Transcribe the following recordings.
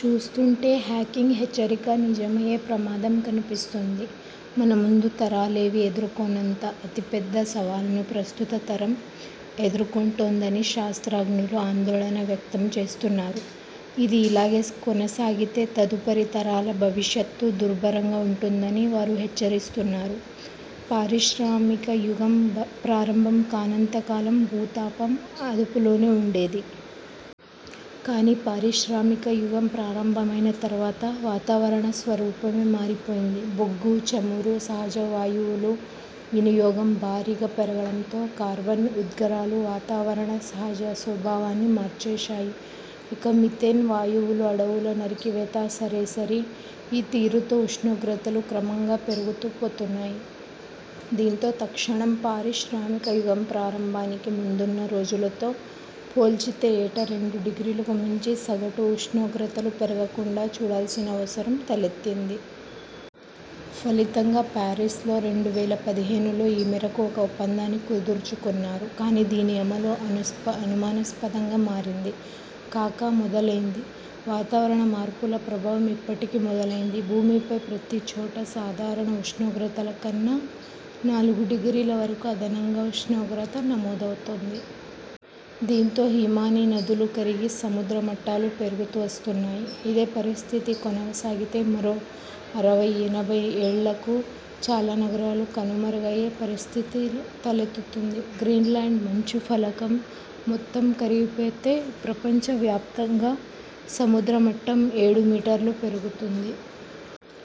చూస్తుంటే హాకింగ్ హెచ్చరిక నిజమయ్యే ప్రమాదం కనిపిస్తోంది. మన ముందు తరాలేవీ ఎదుర్కోనంత అతిపెద్ద సవాల్ను ప్రస్తుత తరం ఎదుర్కొంటోందని శాస్త్రజ్ఞులు ఆందోళన వ్యక్తం చేస్తున్నారు. ఇది ఇలాగే కొనసాగితే తదుపరి తరాల భవిష్యత్తు దుర్భరంగా ఉంటుందని వారు హెచ్చరిస్తున్నారు. పారిశ్రామిక యుగం ప్రారంభం కానంతకాలం భూతాపం అదుపులోనే ఉండేది. కానీ పారిశామ్రిక యుగం ప్రారంభమైన తర్వాత వాతావరణ స్వరూపమే మారిపోయింది. బొగ్గు, చమురు, సహజవాయువుల వినియోగం భారీగా పెరగడంతో కర్బన ఉద్గారాలు వాతావరణ సహజ స్వభావాన్ని మార్చేశాయి. ఇక మీథేన్ వాయువులు, అడవుల నరికివేత సరేసరి. ఈ తీరుతో ఉష్ణోగ్రతలు క్రమంగా పెరుగుతూ పోతున్నాయి. దీంతో తక్షణం పారిశ్రామిక యుగం ప్రారంభానికి ముందున్న రోజులతో పోల్చితే ఏటా రెండు డిగ్రీలకు మించి సగటు ఉష్ణోగ్రతలు పెరగకుండా చూడాల్సిన అవసరం తలెత్తింది. ఫలితంగా పారిస్ లో రెండు వేల పదిహేనులో ఈ మేరకు ఒక ఒప్పందాన్ని కుదుర్చుకున్నారు. కానీ దీని అమలూ అనుమానాస్పదంగా మారింది. కాక మొదలైంది.! వాతావరణ మార్పుల ప్రభావం ఇప్పటికే మొదలైంది. భూమిపై ప్రతి చోటా సాధారణ ఉష్ణోగ్రతలకన్నా నాలుగు డిగ్రీల వరకు అదనంగా ఉష్ణోగ్రత నమోదవుతోంది. దీంతో హిమానీ నదాలు కరిగి సముద్ర మట్టాలు పెరుగుతూ వస్తున్నాయి. ఇదే పరిస్థితి కొనసాగితే మరో అరవై ఎనభై ఏళ్లకు చాలా నగరాలు కనుమరుగయ్యే పరిస్థితి తలెత్తుతుంది. గ్రీన్లాండ్ మంచు ఫలకం మొత్తం కరిగిపోతే ప్రపంచ వ్యాప్తం గా సముద్ర మట్టం ఏడు మీటర్లు పెరుగుతుంది.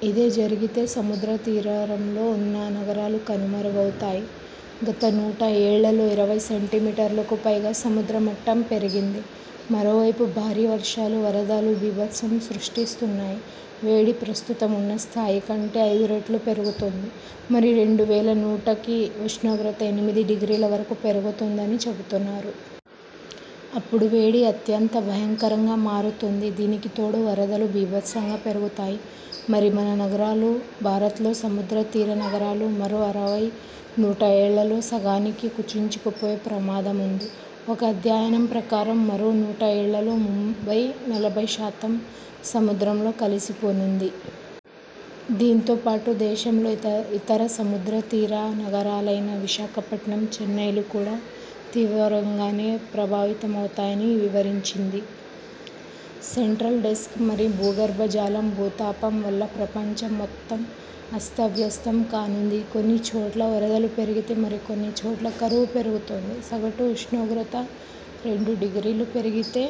ఇదే జరిగితే సముద్ర తీరరంలో ఉన్న నగరాలు కనుమరుగవుతాయి. గత నూట ఏళ్లలో ఇరవై సెంటీమీటర్లకు పైగా సముద్ర మట్టం పెరిగింది. మరోవైపు భారీ వర్షాలు వరదలూ బీభత్సం సృష్టిస్తున్నాయి. వేడి ప్రస్తుతం ఉన్న స్థాయికంటే ఐదు రెట్లు పెరుగుతుంది. మరి రెండు వేల నూటకి ఉష్ణోగ్రత ఎనిమిది డిగ్రీల వరకూ పెరుగుతుందని చెబుతున్నారు. అప్పుడు వేడి అత్యంత భయంకరంగా మారుతుంది. దీనికి తోడు వరదలూ బీభత్సంగా పెరుగుతాయి. మరి మన నగరాలు భారతలో సముద్ర తీర నగరాలు మరో అరవై నూట ఏళ్లలో సగానికి కుచించుకుపోయే ప్రమాదముంది. ఒక అధ్యయనం ప్రకారం మరో నూట ఏళ్లలో ముంబై నలభై శాతం సముద్రంలో కలిసిపోనుంది. దీంతో పాటు దేశంలో ఇతర సముద్ర తీర నగరాలైన విశాఖపట్నం, చెన్నైలు కూడా తీవ్రంగానే ప్రభావితమవుతాయని వివరించింది. సెంట్రల్ డెస్క్ మరి భూగర్భజలం భూతాపం వల్ల ప్రపంచం మొత్తం అస్తవ్యస్తం కానుంది. కొన్ని చోట్ల వరదలు పెరిగితే మరికొన్ని చోట్ల కరువు పెరుగుతుంది. సగటు ఉష్ణోగ్రత రెండు డిగ్రీలు పెరిగితే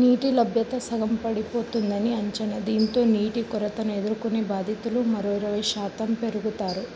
నీటి లభ్యత సగం పడిపోతుందని అంచనా. దీంతో నీటి కొరతను ఎదుర్కొనే బాధితులు మరో ఇరవై శాతం పెరుగుతారు.